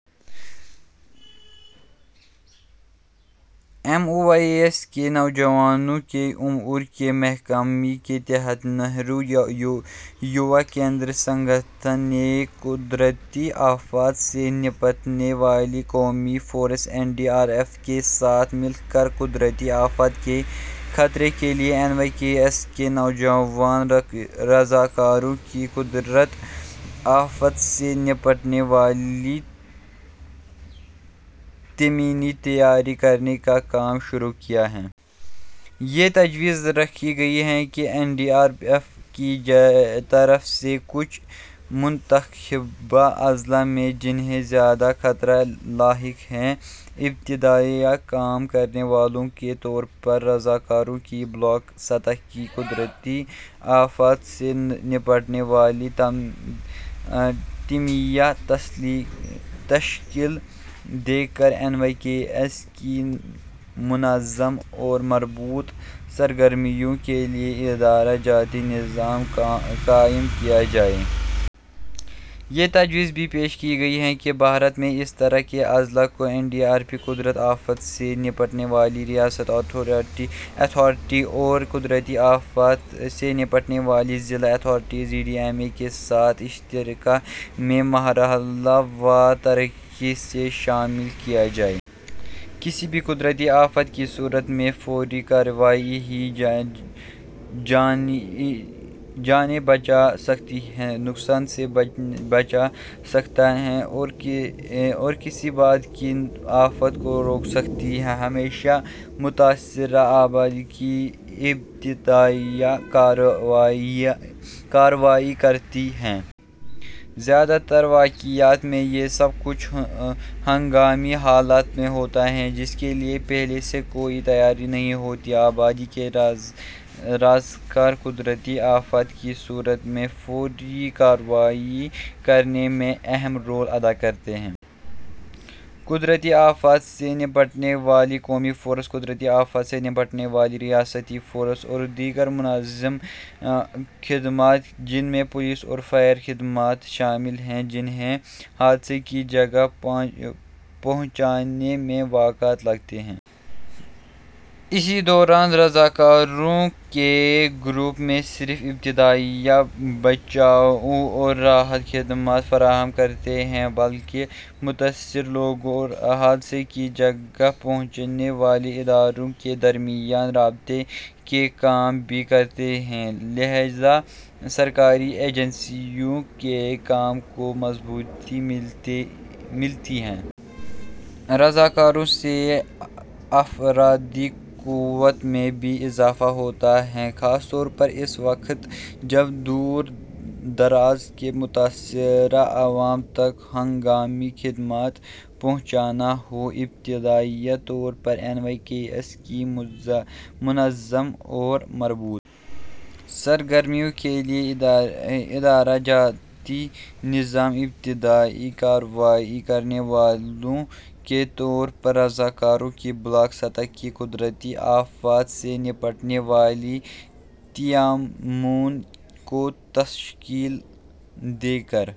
M O Y A S کے نوجوانوں کے امور کے محکمے کے تحت نہرو یوا کیندرسنگھٹن نے قدرتی آفات سے نمٹنے والی قومی force N D R F کے ساتھ مل کر قدرتی آفات کے خطرے کے لئے این وائی کے ایس کے نوجوان رضاکاروں کی قدرتی آفات سے نمٹنے والی ٹیمیں تیار کرنے کا کام شروع کیا ہے۔ یہ تجویزرکھی گئی ہے کہ این ڈی آر ایف کی طرف سے کچھ منتخبہ اضلاع میں جنہیں زیادہ خطرہ لاحق ہے ، ابتدائی کام کرنے والوں کے طور پر رضاکاروںکی بلا ک سطح کی قدرتی آفات سے نمٹنے والی ٹیمیں تشکیل دے کر این وائی کے ایس کی منظم اورمربوط سرگرمیوں کے لئے ادارہ جاتی نظام قائم کیا جائے۔ یہ تجویز بھی پیش کی گئی ہے کہ بھارت میں ا س طرح کے اضلاع کو این ڈی آر ایف ، قدرتی آفات سے نمٹنے والی ریاستی اتھارٹی اور قدرتی آفات سے نمٹنے والی ضلع authorities D D M A کے ساتھ اشتراک میں مرحلے وار طریقے سے شامل کیاجائے۔ کسی بھی قدرتی آفت کی صورت میں فوری کارروائی ہی جانیں بچا سکتی ہے، نقصان سے بچا سکتی ہے اور کسی بعد کی آفت کو روک سکتی ہے۔ ہمیشہ متاثرہ آبادی ہی ابتدائی کارروائی کرتی ہے۔ زیادہ ترواقعات میں یہ سب کچھ ہنگامی حالت میں ہوتا ہے ،جس کے لئے پہلےسے کوئی تیاری نہیں ہوتی۔ آبادی کے رضاکار قدرتی آفت کی صورت میں فوری کارروائی کرنے میں اہم رول ادا کرتے ہیں۔ قدرتی آفات سے نمٹنے والی قومی فورس ، قدرتی آفات سے نمٹنے والی ریاستی فورس اوردیگر منظم خدمات جن میں پولیس اورفائر خدمات شامل ہیں ، جنہیں حادثے کی جگہ پہنچنے میں وقت لگتا ہے۔ اسی دوران رضاکاروں کے گروپ نہ صرف ابتدائی بچاؤ اورراحت خدمات فراہم کرتے ہیں بلکہ متاثرہ لوگوں اور حادثے کی جگہ پہنچنے والے اداروں کے درمیان رابطے کا کام بھی کرتے ہیں لہٰذا سرکاری ایجنسیوں کے کام کو مضبوطی ملتی ہے۔ رضاکاروں سے افرادی قوت میں بھی اضافہ ہوتا ہے۔ خاص طورپر اس وقت جب دوردراز کے متاثرہ عوام تک ہنگامی خدمات پہنچانا ہو۔ ابتدائی طورپر این وائی کے ایس کی منظم اور مربوط سرگرمیوں کے لئے ادارہ جاتی نظام ، ابتدائی کارروائی کرنے والوں کے طور پر رضاکاروں کی بلاک سطح کی قدرتی آفات سے نمٹنے والی ٹیموں کوتشکیل دے کر